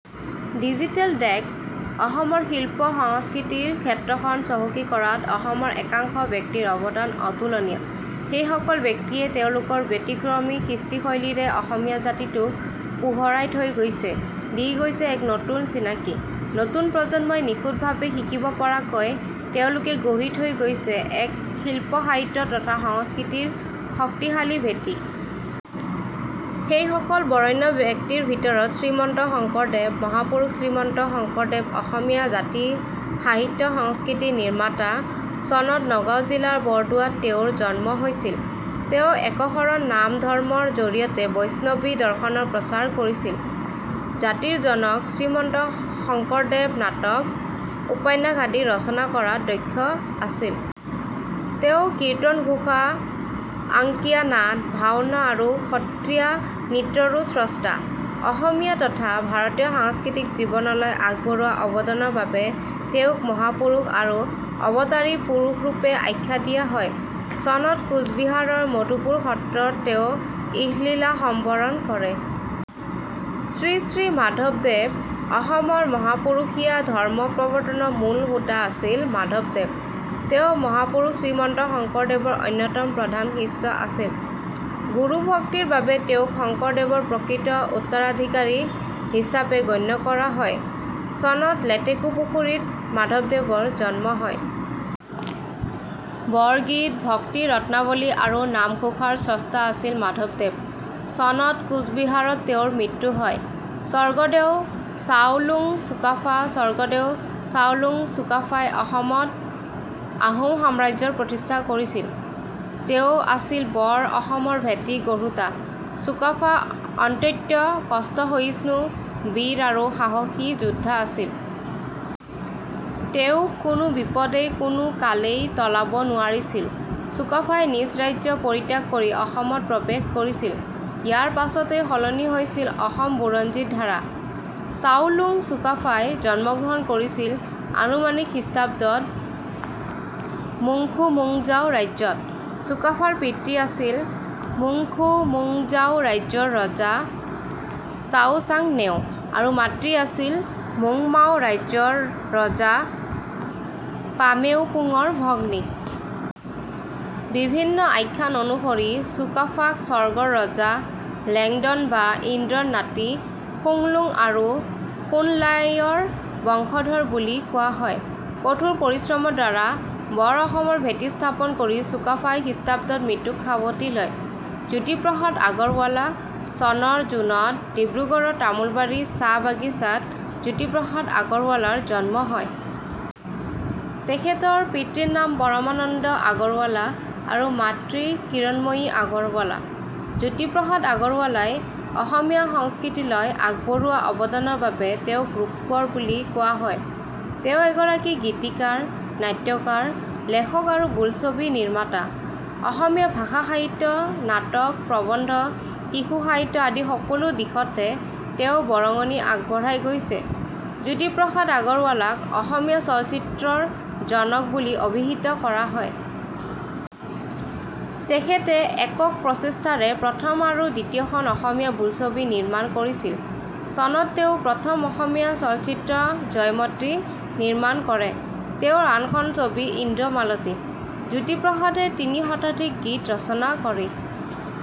Digital desk, অসমৰ শিল্প-সংস্কৃতিৰ ক্ষেত্ৰখন চহকী কৰাত অসমৰ একাংশ ব্যক্তিৰ অৱদান অতুলনীয়। সেইসল ব্যক্তিয়ে তেওঁলোকৰ ব্যতিক্ৰমী সৃষ্টীশৈলীৰে অসমীয়া জাতিটোক পোহৰাই থৈ গৈছে, দি গৈছে এক নতুন চিনাকি। নতুন প্ৰজন্মই নিখুঁট ভাৱে শিকিব পৰাকৈ তেওঁলোকে গঢ়ি থৈ গৈছে এক শিল্প-সাহিত্য তথা সংস্কৃতিৰ শক্তিশালী ভেঁটি। সেইসকল বৰেণ্য ব্যক্তিৰ ভিতৰত- শ্ৰীমন্ত শংকৰদেৱ মহাপুৰুষ শ্ৰীমন্ত শংকৰদেৱ অসমীয়া জাতি-সাহিত্য-সংস্কৃতি নিৰ্মাতা। চনত নগাঁও জিলাৰ বৰদোৱাত তেওঁৰ জন্ম হৈছিল। তেওঁ একশৰণ নাম-ধৰ্মৰ জৰিয়তে বৈষ্ণৱী দৰ্শনৰ প্ৰচাৰ কৰিছিল। জাতিৰ জনক শ্ৰীমন্ত শংকদেৱ নাটক, উপন্যাস আদি ৰচনা কৰাত দক্ষ আছিল। তেওঁ কীৰ্তন ঘোষা, আংকীয়া নাট, ভাওনা আৰু সত্ৰীয়া নৃত্যৰো স্ৰষ্টা। অসমীয়া তথা ভাৰতীয় সাংস্কৃতিক জীৱনলৈ আগবঢ়োৱা অৱদানৰ বাবে তেওঁক 'মহাপুৰুষ' আৰু 'অৱতাৰী পুৰুষ'ৰূপে আখ্যা দিয়া হয়। চনত কোচবিহাৰৰ মধুপুৰ সত্ৰৰ তেওঁ ইহলীলা সম্বৰণ কৰে। শ্ৰী শ্ৰী মাধৱদেৱ অসমৰ মহাপুৰুষীয়া ধৰ্ম প্ৰৱৰ্তনৰ মূল হোতা আছিল মাধৱদেৱ। তেওঁ মহাপুৰুষ শ্ৰীমন্ত শংকৰদেৱৰ অন্যতম প্ৰধান শিষ্য আছিল। গুৰু ভক্তিৰ বাবে তেওঁক শংকৰদেৱৰ প্ৰকৃত উত্তৰাধিকৰী হিচাপে গণ্য কৰা হয়। চনত লেতেকুপুখুৰীত মাধৱদেৱৰ জন্ম হয়। বৰগীত, ভক্তি ৰত্নাৱলী আৰু নামঘোষাৰ স্ৰষ্টা আছিল মাধৱদেৱ। চনত কোচবিহাৰত তেওঁৰ মৃত্যু হয়। স্বৰ্গদেউ চাওলুং চুকাফা স্বৰ্গদেউ চাওলুং চুকাফাই অসমত আহোম সাম্ৰাজ্যৰ প্ৰতিষ্ঠা কৰিছিল। তেওঁ আছিল বৰ অসমৰ ভেঁটি গঢ়োতা। চুকাফা অত্যন্ত কষ্টসহিষ্ণু, বীৰ আৰু সাহসী যোদ্ধা আছিল। তেওঁক কোনো বিপদেই কোনো কালেই টলাব নোৱাৰিছিল। চুকাফাই নিজ ৰাজ্য পৰিত্যাগ কৰি অসমত প্ৰৱেশ কৰিছিল। ইয়াৰ পাছতেই সলনি হৈছিল অসম বুৰঞ্জীৰ ধাৰা। চাওলুং চুকাফাই জন্মগ্ৰহণ কৰিছিল আনুমানিক খ্ৰীষ্টাব্দত মুংখুমুংজাও ৰাজ্যত। চুকাফাৰ পিতৃ আছিল মুংখুমুংজাও ৰাজ্যৰ ৰজা চাওচাংন্যেও আৰু মাতৃ আছিল মুংমাও ৰাজ্যৰ ৰজা পামেওপুংৰ ভগ্নী। বিভিন্ন আখ্যান অনুসৰি চুকাফাক স্বৰ্গৰ ৰজা লেংডন বা ইন্দ্ৰৰ নাতি খুনলুং আৰু খুনলাইৰ বংশধৰ বুলি কোৱা হয়। কঠোৰ পৰিশ্ৰমৰ দ্বাৰা বৰঅসমৰ ভেঁটি স্থাপন কৰি চুকাফাই খ্ৰীষ্টাব্দত মৃত্যুক সাৱটি লয়। জ্যোতিপ্ৰসাদ আগৰৱালা চনৰ জুনত ডিব্ৰুগড়ৰ তামোলবাৰী চাহ বাগিছাত জ্যোতিপ্ৰসাদ আগৰৱালাৰ জন্ম হয়। তেখেতৰ পিতৃৰ নাম পৰমানন্দ আগৰৱালা আৰু মাতৃ কিৰণময়ী আগৰৱালা। জ্যোতিপ্ৰসাদ আগৰৱালাই অসমীয়া সংস্কৃতিলৈ আগবঢ়োৱা অৱদানৰ বাবে তেওঁক ৰূপকোঁৱৰ বুলি কোৱা হয়। তেওঁ এগৰাকী গীতিকাৰ, নাট্যকাৰ, লেখক আৰু বোলছবি নিৰ্মাতা। অসমীয়া ভাষা-সাহিত্য, নাটক, প্ৰবন্ধ, শিশু সাহিত্য আদি সকলো দিশতে তেওঁ বৰঙণি আগবঢ়াই গৈছে৷ জ্যোতিপ্ৰসাদ আগৰৱালাক অসমীয়া চলচ্চিত্ৰৰ জনক বুলি অভিহিত কৰা হয়। তেখেতে একক প্ৰচেষ্টাৰে প্ৰথম আৰু দ্বিতীয়খন অসমীয়া বোলছবি নিৰ্মাণ কৰিছিল। চনত তেওঁ প্ৰথম অসমীয়া চলচ্চিত্ৰ জয়মতী নিৰ্মাণ কৰে। তেওঁৰ আনখন ছবি ইন্দ্ৰমালতী। জ্যোতিপ্ৰসাদে তিনি শতাধিক গীত ৰচনা কৰি